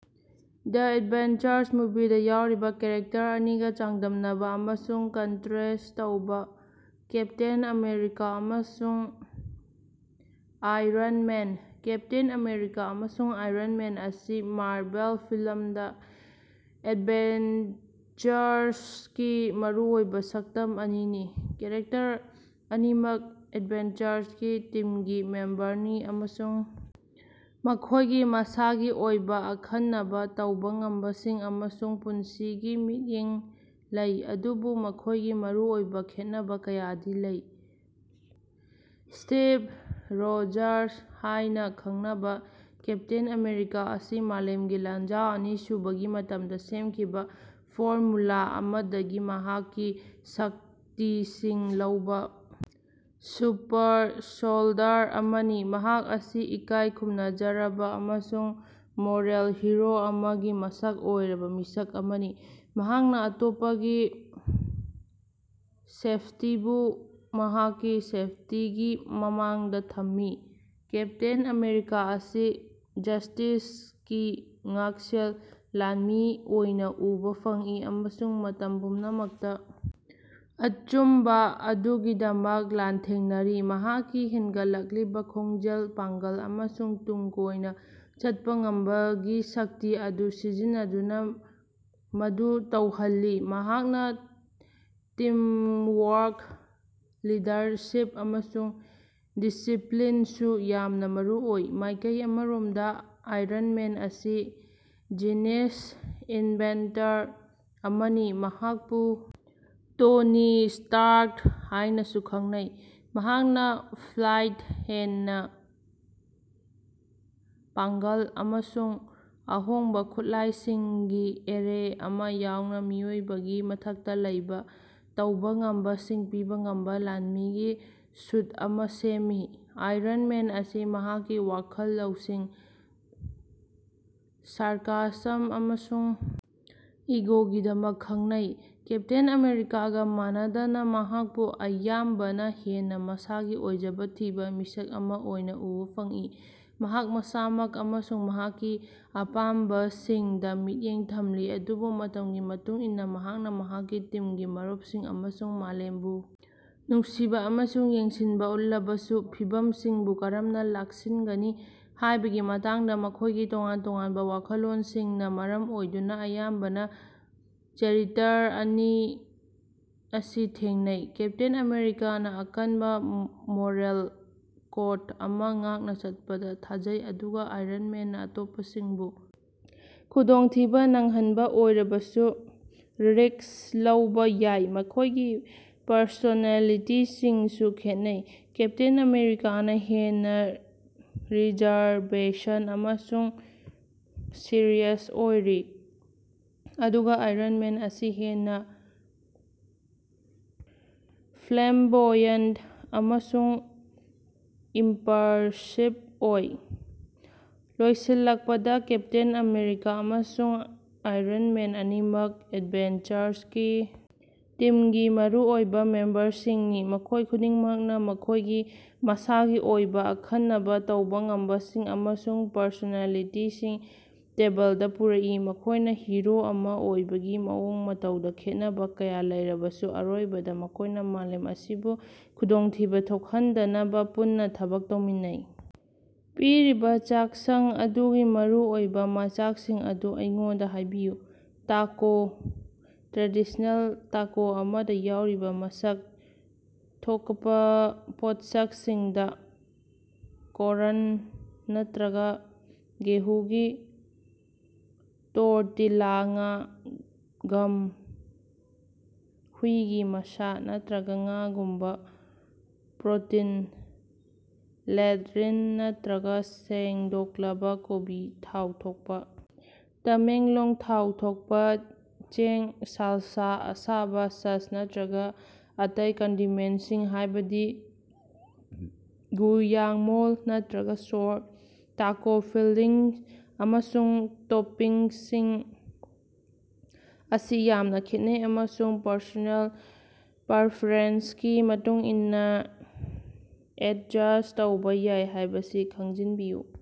ꯗ Avengers ꯃꯨꯚꯤꯗ ꯌꯥꯎꯔꯤꯕ character ꯑꯅꯤꯒ ꯆꯥꯡꯗꯝꯅꯕ ꯑꯃꯁꯨꯡ ꯀꯟꯇꯔꯦꯁ꯭ꯠ ꯇꯧꯕꯥ꯫ ꯀꯦꯞꯇꯦꯟ ꯑꯃꯦꯔꯤꯀꯥ ꯑꯃꯁꯨꯡ ꯑꯥꯏꯔꯟ ꯃꯦꯟ꯫ ꯀꯦꯞꯇꯦꯟ ꯑꯃꯦꯔꯤꯀꯥ ꯑꯃꯁꯨꯡ ꯑꯥꯏꯔꯟ ꯃꯦꯟ ꯑꯁꯤ ꯃꯥꯔꯚꯦꯜ ꯐꯤꯂꯝꯗ ꯑꯦꯚꯦꯟꯖꯔꯁꯀꯤ ꯃꯔꯨꯑꯣꯏꯕ ꯁꯛꯇꯝ ꯑꯅꯤꯅꯤ꯫ ꯀꯦꯔꯦꯛꯇꯔ ꯑꯅꯤꯃꯛ ꯑꯦꯚꯦꯟꯖꯔꯁꯀꯤ ꯇꯤꯝꯒꯤ ꯃꯦꯝꯕꯔꯅꯤ ꯑꯃꯁꯨꯡ ꯃꯈꯣꯏꯒꯤ ꯃꯁꯥꯒꯤ ꯑꯣꯏꯕ ꯑꯈꯟꯅꯕ ꯇꯧꯕ ꯉꯝꯕꯁꯤꯡ ꯑꯃꯁꯨꯡ ꯄꯨꯟꯁꯤꯒꯤ ꯃꯤꯠꯌꯦꯡ ꯂꯩ, ꯑꯗꯨꯕꯨ ꯃꯈꯣꯏꯒꯤ ꯃꯔꯨꯑꯣꯏꯕ ꯈꯦꯠꯅꯕ ꯀꯌꯥꯗꯤ ꯂꯩ꯫ ꯁ꯭ꯇꯤꯚ ꯔꯣꯖꯔꯁ ꯍꯥꯏꯅ ꯈꯪꯅꯕ ꯀꯦꯞꯇꯦꯟ ꯑꯃꯦꯔꯤꯀꯥ ꯑꯁꯤ ꯃꯥꯂꯦꯝꯒꯤ ꯂꯥꯟꯖꯥꯎ ꯑꯅꯤꯁꯨꯕꯒꯤ ꯃꯇꯝꯗ ꯁꯦꯝꯈꯤꯕꯥ ꯐꯣꯔꯃꯨꯂꯥ ꯑꯃꯗꯒꯤ ꯃꯍꯥꯛꯀꯤ ꯁꯛꯇꯤꯁꯤꯡ ꯂꯧꯕ ꯁꯨꯄꯔ-ꯁꯣꯜꯗꯔ ꯑꯃꯅꯤ꯫ ꯃꯍꯥꯛ ꯑꯁꯤ ꯏꯀꯥꯏ ꯈꯨꯝꯅꯖꯔꯕ ꯑꯃꯁꯨꯡ ꯃꯣꯔꯦꯜ ꯍꯤꯔꯣ ꯑꯃꯒꯤ ꯃꯁꯛ ꯑꯣꯏꯔꯕ ꯃꯤꯁꯛ ꯑꯃꯅꯤ, ꯃꯍꯥꯛꯅ ꯑꯇꯣꯞꯄꯒꯤ ꯁꯦꯐꯇꯤꯕꯨ ꯃꯍꯥꯛꯀꯤ ꯁꯦꯐꯇꯤꯒꯤ ꯃꯃꯥꯡꯗꯥ ꯊꯝꯃꯤ꯫ ꯀꯦꯞꯇꯦꯟ ꯑꯃꯦꯔꯤꯀꯥ ꯑꯁꯤ ꯖꯁ꯭ꯇꯤꯁꯀꯤ ꯉꯥꯛꯁꯦꯜ ꯂꯥꯟꯃꯤ ꯑꯣꯏꯅ ꯎꯕ ꯐꯪꯏ, ꯑꯃꯁꯨꯡ ꯃꯇꯝ ꯄꯨꯝꯅꯃꯛꯇ ꯑꯆꯨꯝꯕ ꯑꯗꯨꯒꯤꯗꯃꯛ ꯂꯥꯟꯊꯦꯡꯅꯔꯤ, ꯃꯍꯥꯛꯀꯤ ꯍꯦꯟꯒꯠꯂꯛꯂꯤꯕ ꯈꯣꯡꯖꯦꯜ, ꯄꯥꯡꯒꯜ ꯑꯃꯁꯨꯡ ꯇꯨꯡ ꯀꯣꯏꯅ ꯆꯠꯄ ꯉꯝꯕꯒꯤ ꯁꯛꯇꯤ ꯑꯗꯨ ꯁꯤꯖꯤꯟꯅꯗꯨꯅ ꯃꯗꯨ ꯇꯧꯍꯜꯂꯤ꯫ ꯃꯍꯥꯛꯅ ꯇꯤꯝꯋꯥꯔꯛ, ꯂꯤꯗꯔꯁꯤꯞ ꯑꯃꯁꯨꯡ ꯗꯤꯁꯤꯄꯂꯤꯟꯁꯨ ꯌꯥꯝꯅ ꯃꯔꯨꯑꯣꯏ꯫ ꯃꯥꯏꯀꯩ ꯑꯃꯔꯣꯝꯗ ꯑꯥꯏꯔꯟ ꯃꯦꯟ ꯑꯁꯤ ꯖꯤꯅꯤꯁ ꯏꯟꯚꯦꯟꯇꯔ ꯑꯃꯅꯤ, ꯃꯍꯥꯛꯄꯨ ꯇꯣꯅꯤ ꯁ꯭ꯇꯥꯔꯛ ꯍꯥꯏꯅꯁꯨ ꯈꯪꯅꯩ꯫ ꯃꯍꯥꯛꯅ ꯐ꯭ꯂꯥꯏꯠ, ꯍꯦꯟꯅ ꯄꯥꯡꯒꯜ, ꯑꯃꯁꯨꯡ ꯑꯍꯣꯡꯕ ꯈꯨꯠꯂꯥꯏꯁꯤꯡꯒꯤ ꯑꯦꯔꯦ ꯑꯃꯥ ꯌꯥꯎꯅ ꯃꯤꯑꯣꯏꯕꯒꯤ ꯃꯊꯛꯇ ꯂꯩꯕ ꯇꯧꯕ ꯉꯝꯕꯁꯤꯡ ꯄꯤꯕ ꯉꯝꯕ ꯂꯥꯟꯃꯤꯒꯤ ꯁꯨꯠ ꯑꯃꯥ ꯁꯦꯝꯃꯤ꯫ ꯑꯥꯏꯔꯟ ꯃꯦꯟ ꯑꯁꯤ ꯃꯍꯥꯛꯀꯤ ꯋꯥꯈꯜ ꯂꯧꯁꯤꯡ, ꯁꯥꯔꯀꯥꯁꯝ ꯑꯃꯁꯨꯡ ꯏꯒꯣꯒꯤꯗꯃꯛ ꯈꯪꯅꯩ꯫ ꯀꯦꯞꯇꯦꯟ ꯑꯃꯦꯔꯤꯀꯥꯒ ꯃꯥꯟꯅꯗꯅ, ꯃꯍꯥꯛꯄꯨ ꯑꯌꯥꯝꯕꯅ ꯍꯦꯟꯅ ꯃꯁꯥꯒꯤ ꯑꯣꯏꯖꯕ ꯊꯤꯕ ꯃꯤꯁꯛ ꯑꯃ ꯑꯣꯏꯅ ꯎꯕ ꯐꯪꯏ, ꯃꯍꯥꯛ ꯃꯁꯥꯃꯛ ꯑꯃꯁꯨꯡ ꯃꯍꯥꯛꯀꯤ ꯑꯄꯥꯝꯕꯁꯤꯡꯗ ꯃꯤꯠꯌꯦꯡ ꯊꯝꯂꯤ, ꯑꯗꯨꯕꯨ ꯃꯇꯝꯒꯤ ꯃꯇꯨꯡ ꯏꯟꯅ ꯃꯍꯥꯛꯅ ꯃꯍꯥꯛꯀꯤ ꯇꯤꯝꯒꯤ ꯃꯔꯨꯞꯁꯤꯡ ꯑꯃꯁꯨꯡ ꯃꯥꯂꯦꯝꯕꯨ ꯅꯨꯡꯁꯤꯕ ꯑꯃꯁꯨꯡ ꯌꯦꯡꯁꯤꯟꯕ ꯎꯠꯂꯕꯁꯨ꯫ ꯐꯤꯚꯝꯁꯤꯡꯕꯨ ꯀꯔꯝꯅ ꯂꯥꯛꯁꯤꯟꯒꯅꯤ ꯍꯥꯏꯕꯒꯤ ꯃꯇꯥꯡꯗ ꯃꯈꯣꯏꯒꯤ ꯇꯣꯉꯥꯟ ꯇꯣꯉꯥꯟꯕ ꯋꯥꯈꯜꯂꯣꯟꯁꯤꯡꯅ ꯃꯔꯝ ꯑꯣꯏꯗꯨꯅ ꯑꯌꯥꯝꯕꯅ ꯆꯔꯤꯇꯔ ꯑꯅꯤ ꯑꯁꯤ ꯊꯦꯡꯅꯩ꯫ ꯀꯦꯞꯇꯦꯟ ꯑꯃꯦꯔꯤꯀꯥꯅ ꯑꯀꯟꯕ ꯃꯣꯔꯦꯜ ꯀꯣꯗ ꯑꯃꯥ ꯉꯥꯛꯅ ꯆꯠꯄꯗ ꯊꯥꯖꯩ, ꯑꯗꯨꯒ ꯑꯥꯏꯔꯟ ꯃꯦꯟꯅ ꯑꯇꯣꯞꯄꯁꯤꯡꯕꯨ ꯈꯨꯗꯣꯡꯊꯤꯕꯥ ꯅꯪꯍꯟꯕ ꯑꯣꯏꯔꯕꯁꯨ ꯔꯤꯁ꯭ꯛ ꯂꯧꯕ ꯌꯥꯏ꯫ ꯃꯈꯣꯏꯒꯤ ꯄꯔꯁꯣꯅꯦꯂꯤꯇꯤꯁꯤꯡꯁꯨ ꯈꯦꯠꯅꯩ, ꯀꯦꯞꯇꯦꯟ ꯑꯃꯦꯔꯤꯀꯥꯅ ꯍꯦꯟꯅ ꯔꯤꯖꯔꯕꯦꯁꯟ ꯑꯃꯁꯨꯡ ꯁꯤꯔꯤꯌꯁ ꯑꯣꯏꯔꯤ, ꯑꯗꯨꯒ ꯑꯥꯏꯔꯟ ꯃꯦꯟ ꯑꯁꯤ ꯍꯦꯟꯅ ꯐ꯭ꯂꯦꯝꯕꯣꯌꯟꯠ ꯑꯃꯁꯨꯡ ꯏꯝꯄꯜꯁꯤꯕ ꯑꯣꯏ꯫ ꯂꯣꯏꯁꯤꯜꯂꯛꯄꯗ, ꯀꯦꯞꯇꯦꯟ ꯑꯃꯦꯔꯤꯀꯥ ꯑꯃꯁꯨꯡ ꯑꯥꯏꯔꯟ ꯃꯦꯟ ꯑꯅꯤꯃꯛ ꯑꯦꯚꯦꯟꯖꯔꯁꯀꯤ ꯇꯤꯝꯒꯤ ꯃꯔꯨꯑꯣꯏꯕ ꯃꯦꯝꯕꯔꯁꯤꯡꯅꯤ, ꯃꯈꯣꯏ ꯈꯨꯗꯤꯡꯃꯛꯅ ꯃꯈꯣꯏꯒꯤ ꯃꯁꯥꯒꯤ ꯑꯣꯏꯕ ꯑꯈꯟꯅꯕ ꯇꯧꯕ ꯉꯝꯕꯁꯤꯡ ꯑꯃꯁꯨꯡ ꯄꯔꯁꯣꯅꯦꯂꯤꯇꯤꯁꯤꯡ ꯇꯦꯕꯜꯗ ꯄꯨꯔꯛꯏ꯫ ꯃꯈꯣꯏꯅ ꯍꯤꯔꯣ ꯑꯃꯥ ꯑꯣꯏꯕꯒꯤ ꯃꯑꯣꯡ ꯃꯇꯧꯗ ꯈꯦꯠꯅꯕ ꯀꯌꯥ ꯂꯩꯔꯕꯁꯨ, ꯑꯔꯣꯏꯕꯗ ꯃꯈꯣꯏꯅ ꯃꯥꯂꯦꯝ ꯑꯁꯤꯕꯨ ꯈꯨꯗꯣꯡꯊꯤꯕ ꯊꯣꯛꯍꯟꯗꯅꯕ ꯄꯨꯟꯅ ꯊꯕꯛ ꯇꯧꯃꯤꯟꯅꯩ꯫ ꯄꯤꯔꯤꯕ ꯆꯥꯛꯁꯪ ꯑꯗꯨꯒꯤ ꯃꯔꯨꯑꯣꯏꯕ ꯃꯆꯥꯛꯁꯤꯡ ꯑꯗꯨ ꯑꯩꯉꯣꯟꯗ ꯍꯥꯏꯕꯤꯌꯨ꯫ ꯇꯥꯀꯣ꯫ ꯇ꯭ꯔꯦꯗꯤꯁꯅꯦꯜ ꯇꯥꯀꯣ ꯑꯃꯗ ꯌꯥꯎꯔꯤꯕ ꯃꯁꯛ ꯊꯣꯀꯄ ꯄꯣꯠꯁꯛꯁꯤꯡꯗꯥ: ꯀꯣꯔꯟ ꯅꯠꯇꯔꯒ ꯒꯦꯍꯨꯒꯤ ꯇꯣꯔꯇꯤꯂꯥ ꯉꯥ, ꯒꯝ, ꯍꯨꯏꯒꯤ ꯃꯁꯥ, ꯅꯠꯇꯔꯒ ꯉꯥꯒꯨꯝꯕ ꯄ꯭ꯔꯣꯇꯤꯟ ꯂꯦꯠꯔꯤꯟ ꯅꯠꯇꯔꯒ ꯁꯦꯡꯗꯣꯛꯂꯕ ꯀꯣꯕꯤ ꯊꯥꯎ ꯊꯣꯛꯄ ꯇꯃꯦꯡꯂꯣꯡ ꯊꯥꯎ ꯊꯣꯛꯄ ꯆꯦꯡ ꯁꯥꯜꯁꯥ, ꯑꯁꯥꯕꯥ ꯁꯁ ꯅꯠꯇꯔꯒ ꯑꯇꯩ ꯀꯟꯗꯤꯃꯦꯟꯠꯁꯤꯡ ꯍꯥꯏꯕꯗꯤ ꯒꯨꯌꯥꯛꯃꯣꯜ ꯅꯠꯇꯔꯒ ꯁꯣꯔ꯫ ꯇꯥꯀꯣ ꯐꯤꯜꯂꯤꯡ ꯑꯃꯁꯨꯡ ꯇꯣꯄꯤꯡꯁꯤꯡ ꯑꯁꯤ ꯌꯥꯝꯅ ꯈꯦꯠꯅꯩ ꯑꯃꯁꯨꯡ ꯄꯔꯁꯣꯅꯦꯜ ꯄꯔꯐꯦꯔꯦꯟꯁꯀꯤ ꯃꯇꯨꯡ ꯏꯟꯅ ꯑꯦꯗꯖꯁ꯭ꯠ ꯇꯧꯕ ꯌꯥꯏ ꯍꯥꯏꯕꯁꯤ ꯈꯪꯖꯤꯟꯕꯤꯌꯨ꯫